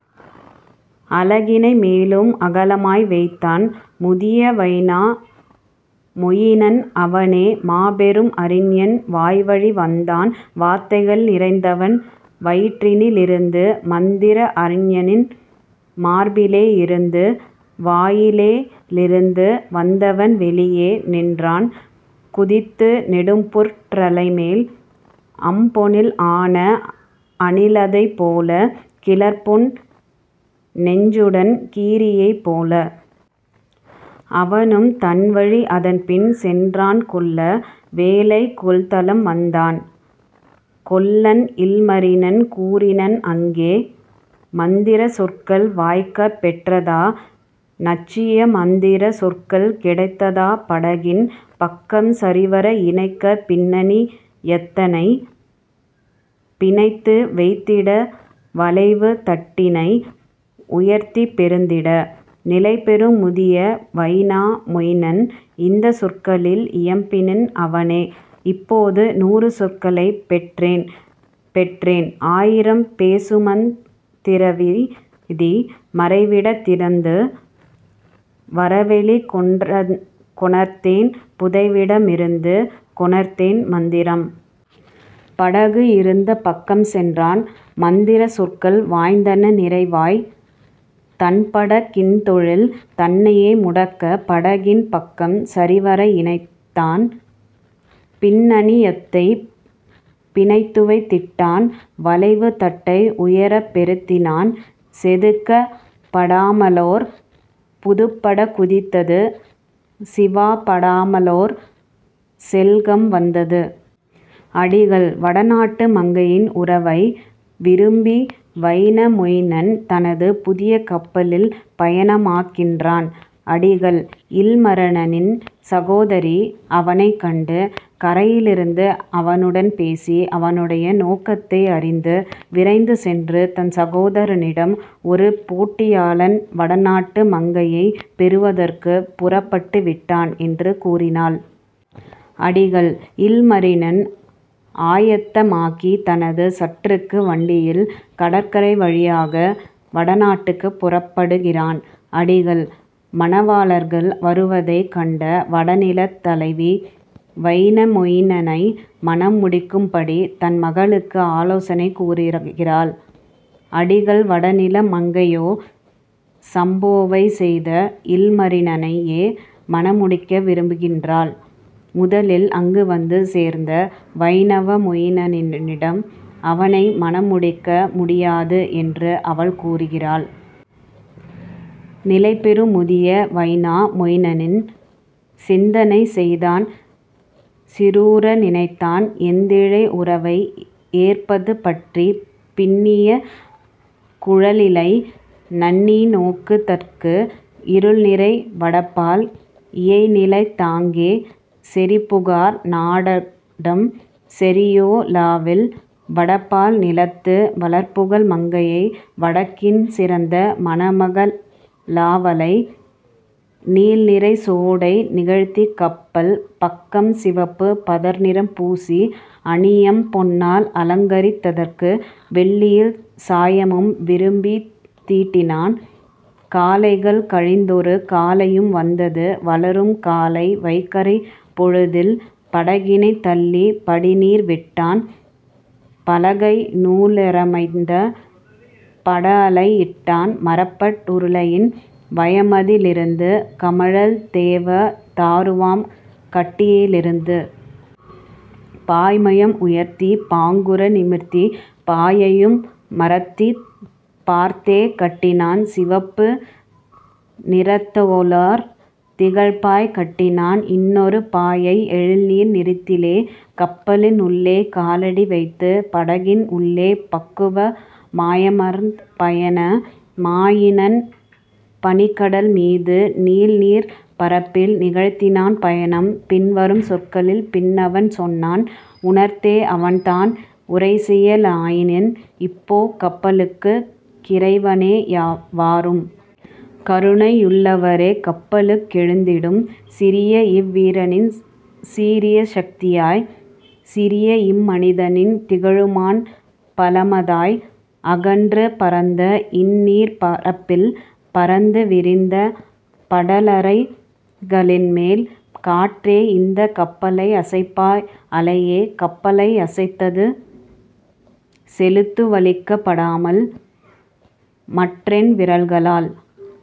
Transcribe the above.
அலகினை மேலும் அகலமாய் வைத்தான்; முதிய வைனா மொயினன் அவனே மாபெரும் அறிஞன் வாய்வழி வந்தான் வார்த்தைகள் நிறைந்தவன் வயிற்றினி லிருந்து மந்திர அறிஞனின் மார்பிலே யிருந்து; வாயிலே யிருந்து வந்தவன் வெளியே நின்றான் குதித்து நெடும்புற் றரைமேல் அம்பொனில் ஆன அணிலதைப் போல கிளர்பொன் நெஞ்சுடன் கீரியைப் போல. அவனும் தன்வழி அதன்பின் சென்றான் கொல்ல வேலைக் கொள்தளம் வந்தான்; கொல்லன் இல்மரினன் கூறினன் அங்கே: "மந்திரச் சொற்கள் வாய்க்கப் பெற்றதா நச்சிய மந்திரச் சொற்கள் கிடைத்ததா படகின் பக்கம் சரிவர இணைக்க பின்னணி யத்தைப் பிணைத்து வைத்திட வளைவுத் தட்டினை உயர்த்திப் பொருத்திட? " நிலைபெறும் முதிய வைனா மொயினன் இந்தச் சொற்களில் இயம்பினன் அவனே: "இப்போது நூறு சொற்களைப் பெற்றேன் பெற்றேன் ஆயிரம் பேசுமந் திரவிதி மறைவிடத் திருந்து வரவெளிக் கொணர்ந்தேன் புதைவிட மிருந்து கொணர்ந்தேன் மந்திரம். " படகு இருந்த பக்கம் சென்றான் மந்திரச் சொற்கள் வாய்ந்தன நிறைவாய் தன்பட கின்தொழில் தன்னையே முடிக்க படகின் பக்கம் சரிவர இணைத்தான் பின்அணி யத்தைப் பிணைத்துவைத் திட்டான் வளைவுத் தட்டை உயரப் பொருத்தினான் செதுக்கப் படாமலோர் புதுப்பட குதித்தது சீவப் படாமலோர் செல்கலம் வந்தது. அடிகள்: வடநாட்டு மங்கையின் உறவை விரும்பி வைனாமொயினன் தனது புதிய கப்பலில் பயணமாகின்றான். அடிகள்: இல்மரினனின் சகோதரி அவனைக் கண்டு, கரையிலிருந்து அவனுடன் பேசி, அவனுடைய நோக்கத்தை அறிந்து, விரைந்து சென்று தன் சகோதரனிடம் ஒரு போட்டியாளன் வடநாட்டு மங்கையைப் பெறுவதற்குப் புறப்பட்டுவிட்டான் என்று கூறுகிறாள். அடிகள்: இல்மரினன் ஆயத்தமாகித் தனது சறுக்கு வண்டியில் கடற்கரை வழியாக வடநாட்டுக்குப் புறப்படுகிறான். அடிகள்: மணவாளர்கள் வருவதைக் கண்ட வடநிலத் தலைவி, வைனாமொயினனை மணம் முடிக்கும்படி தன் மகளுக்கு ஆலோசனை கூறுகிறாள். அடிகள் வடநில மங்கையோ சம்போவைச் செய்த இல்மரினனையே மணமுடிக்க விரும்புகின்றாள். முதலில் அங்கு வந்து சேர்ந்த வைனாமொயினனிடம் அவனை மணம் முடிக்க முடியாது என்று அவள் கூறுகிறாள். நிலைபெறும் முதிய வைனா மொயினன் சிந்தனை செய்தான் சீருற நினைத்தான் ஏந்திழை உறவை ஏற்பது பற்றி பின்னிய குழலியை நண்ணிநோக் குதற்கு இருள்நிறை வடபால் இயைநிலத் தாங்கே செறிபுகார் நாடாம் சரியோ லாவில் வடபால் நிலத்து வளர்புகழ் மங்கையை வடக்கின் சிறந்த மணமக ளவளை. நீல்நிறச் சோடனை நிகழ்த்திக் கப்பல் பக்கம் சிவப்பு பதநிறம் பூசி அணியம் பொன்னால் அலங்கரித் ததற்கு வெள்ளியில் சாயமும் விரும்பித் தீட்டினான்; காலைகள் கழிந்தொரு காலையும் வந்தது வளரும் காலை வைகறைப் பொழுதில் படகினைத் தள்ளிப் படிநீர் விட்டான் பலகைநூ றமைந்த படஅலை யிட்டான் மரப்பட் உருளையின் வயமதி லிருந்து கமழ்தேவ தாருவாம் கட்டையி லிருந்து. பாய்மரம் உயர்த்தி பாங்குற நிமிர்த்தி பாயையம் மரத்திற் பார்த்தே கட்டினான் சிவப்பு நிறத்திலோர் திகழ்பாய் கட்டினான் இன்னொரு பாயை எழில்நீல் நிறத்திலே கப்பலின் உள்ளே காலடி வைத்து படகின் உள்ளே பக்குவ மாயமர்ந் பயண மாயினன் பனிக்கடல் மீது நீல்நீர்ப் பரப்பில் நிகழ்த்தினான் பயணம். பின்வரும் சொற்களில் பின்அவன் சொன்னான் உரைத்தே அவன்தான் உரைசெய லாயினன்: "இப்போ கப்பலுக் கிறைவனே, வாரும்! கருணையுள் ளவரே, கப்பலுக் கெழுந்திடும்! சிறியஇவ் வீரனின் சீரிய சக்தியாய், சிறியஇம் மனிதனின் திகழுமாண் பலமதாய், அகன்று பரந்த இந்நீர்ப் பரப்பில் பரந்து விரிந்த படரலை களின்மேல். காற்றே இந்தக் கப்பலை அசைப்பாய் அலையே கப்பலை அசைத்துச் செலுத்து வலிக்கப் படாமல் மற்றென் விரல்களால்